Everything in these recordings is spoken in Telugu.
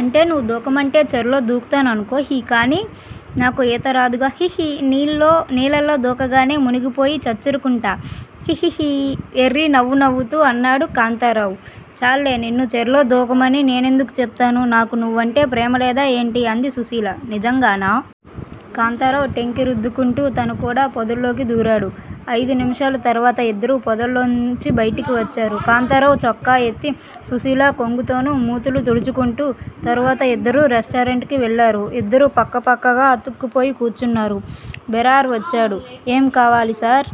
అంటే నువ్వు దూకమంటే చర్లో దూకుతాననుకో హి కానీ నాకు ఈతరాదుగా! హిహి నీళ్లలో దూకగానే మునిగిపోయి చచ్చూరుకుంటా హిహిహి వెర్రి నవ్వు నవ్వుతూ అన్నాడు కాంతారావు. చాల్లే నిన్ను చెర్లో దూకమని నేనెందుకు చెప్తాను? నాకు నువ్వంటే ప్రేమలేదా ఏంటి? అంది సుశీల. నిజంగానా? కాంతారావ్ టెంకి రుద్దుకుంటూ తను కూడా పొదలోకి దూరాడు. అయిదు నిమిషాల తర్వాత ఇద్దరూ పోదలోంచి బయటకు వచ్చారు. కాంతారావు చొక్కా ఎత్తి, సుశీల కొంగుతోనూ మూతులు తుడ్చుకుంటూ. తర్వాత ఇద్దరూ రెస్టారెంట్ కి వెళ్ళారు. ఇద్దరూ పక్కపక్కగా అతుక్కుపోయి కూర్చున్నారు. బేరార్ వచ్చాడు. ఏం కావాలి సార్?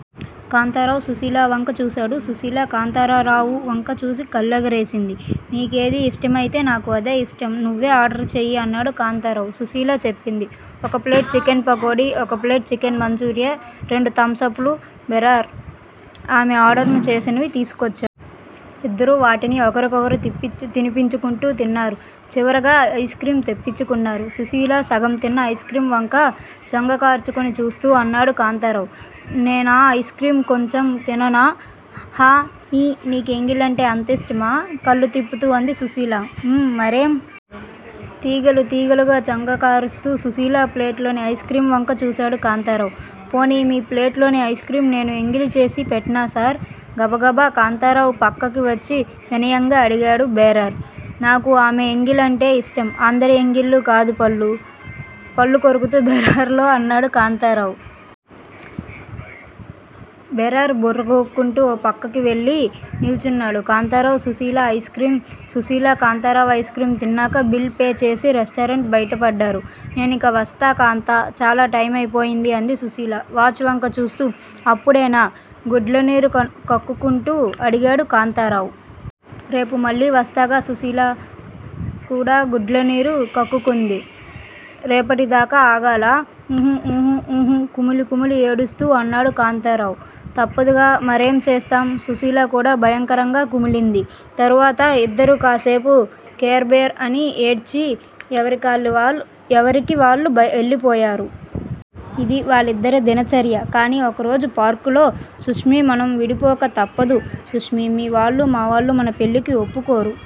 కాంతారావు సుశీల వంక చూశాడు. సుశీల కాంతారావు వంక చూసి కళ్లెగరేసింది. నీకేది ఇష్టమైతే నాకూ అదే ఇష్టం నువ్వే ఆర్డర్ చెయ్యి అన్నాడు కాంతారావు. సుశీల చెప్పింది ఒక ప్లేట్ చికెన్ పకోడి ఒక ప్లేట్ చికెన్ మంచూరియా రెండు థమ్స్ అప్ లు బేరర్ ఆమె ఆర్డర్ చేసినవి తీస్కోచ్చాడు. ఇద్దరూ వాటిని ఒకరికొకరు తినిపించుకుంటూ తిన్నారు. చివరగా ఐస్క్రీం తెప్పించుకున్నారు. సుశీల సగం తిన్న ఐస్ర్కీం వంక చొంగ కార్చుకుని చూస్తూ అన్నాడు కాంతారావ్. నేనా ఐస్ర్కీం కొంచెం తిననా? ఆ! హి! నీకు ఎంగిలంటే అంతిష్టమా? కళ్ళు తిప్పుతూ అంది సుశీల. ఊ మరేం! తీగెలు తీగెలుగా చొంగకారుస్తూ సుశీల ప్లేట్ లోని ఐస్ర్కీం వంక చూశాడు కాంతారావ్. పోనీ! మీ ప్లేట్ లోని ఐస్ర్కీం నేను ఎంగిలి చేసి పెట్నా సార్? గబగబా కాంతారావ్ పక్కకి వచ్చి వినయంగా అడిగాడు బేరర్. నాకు ఆమె ఎంగిలంటే ఇష్టం అందరి ఎంగిళ్ళూ కాదు పళ్ళు కొరుకుతూ బేరర్ తో అన్నాడు కాంతారావ్. బేరర్ బుర్ర గోక్కుంటూ ఓ పక్కకి వెళ్ళి నిల్చున్నాడు. కాంతారావు సుశీల ఐస్ర్కీం, సుశీల కాంతారావు ఐస్ర్కీం తిన్నాక బిల్ పే చేసి రెస్టారెంట్ బయటపడ్డారు. నేనిక వస్తా కాంతా చాలా టైమైపోయింది అంది సుశీల వాచ్ వంక చూస్తూ. అప్పుడేనా? గుడ్లనీరు కక్కుకుంటూ అడిగాడు కాంతారావ్. రేపు మళ్ళీ వస్తాగా సుశీల కూడా గుడ్లనీరు కక్కుకుంది. రేపటిదాకా ఆగాలా? ఉహు ఉహు ఉహు కుమిలి కుమిలి ఏడుస్తూ అన్నాడు కాంతారావ్. తప్పదుగా మరేం చేస్తాం? సుశీల కూడా భయకరంగా కుమిలింది. తర్వాత ఇద్దరూ కాస్సేపు క్యార్ బ్యార్ అని ఏడ్చి ఎవరిళ్ళకి వాళ్ళు వెళ్ళిపోయారు. ఇది వాళ్లిద్దరి దినచర్య. కానీ ఒకరోజు పార్కులో సుశ్శీ మనం విడిపోక తప్పదు సుశ్శీ మీ వాళ్ళూ మా వాళ్ళూ మన పెళ్ళికి ఒప్పుకోరు.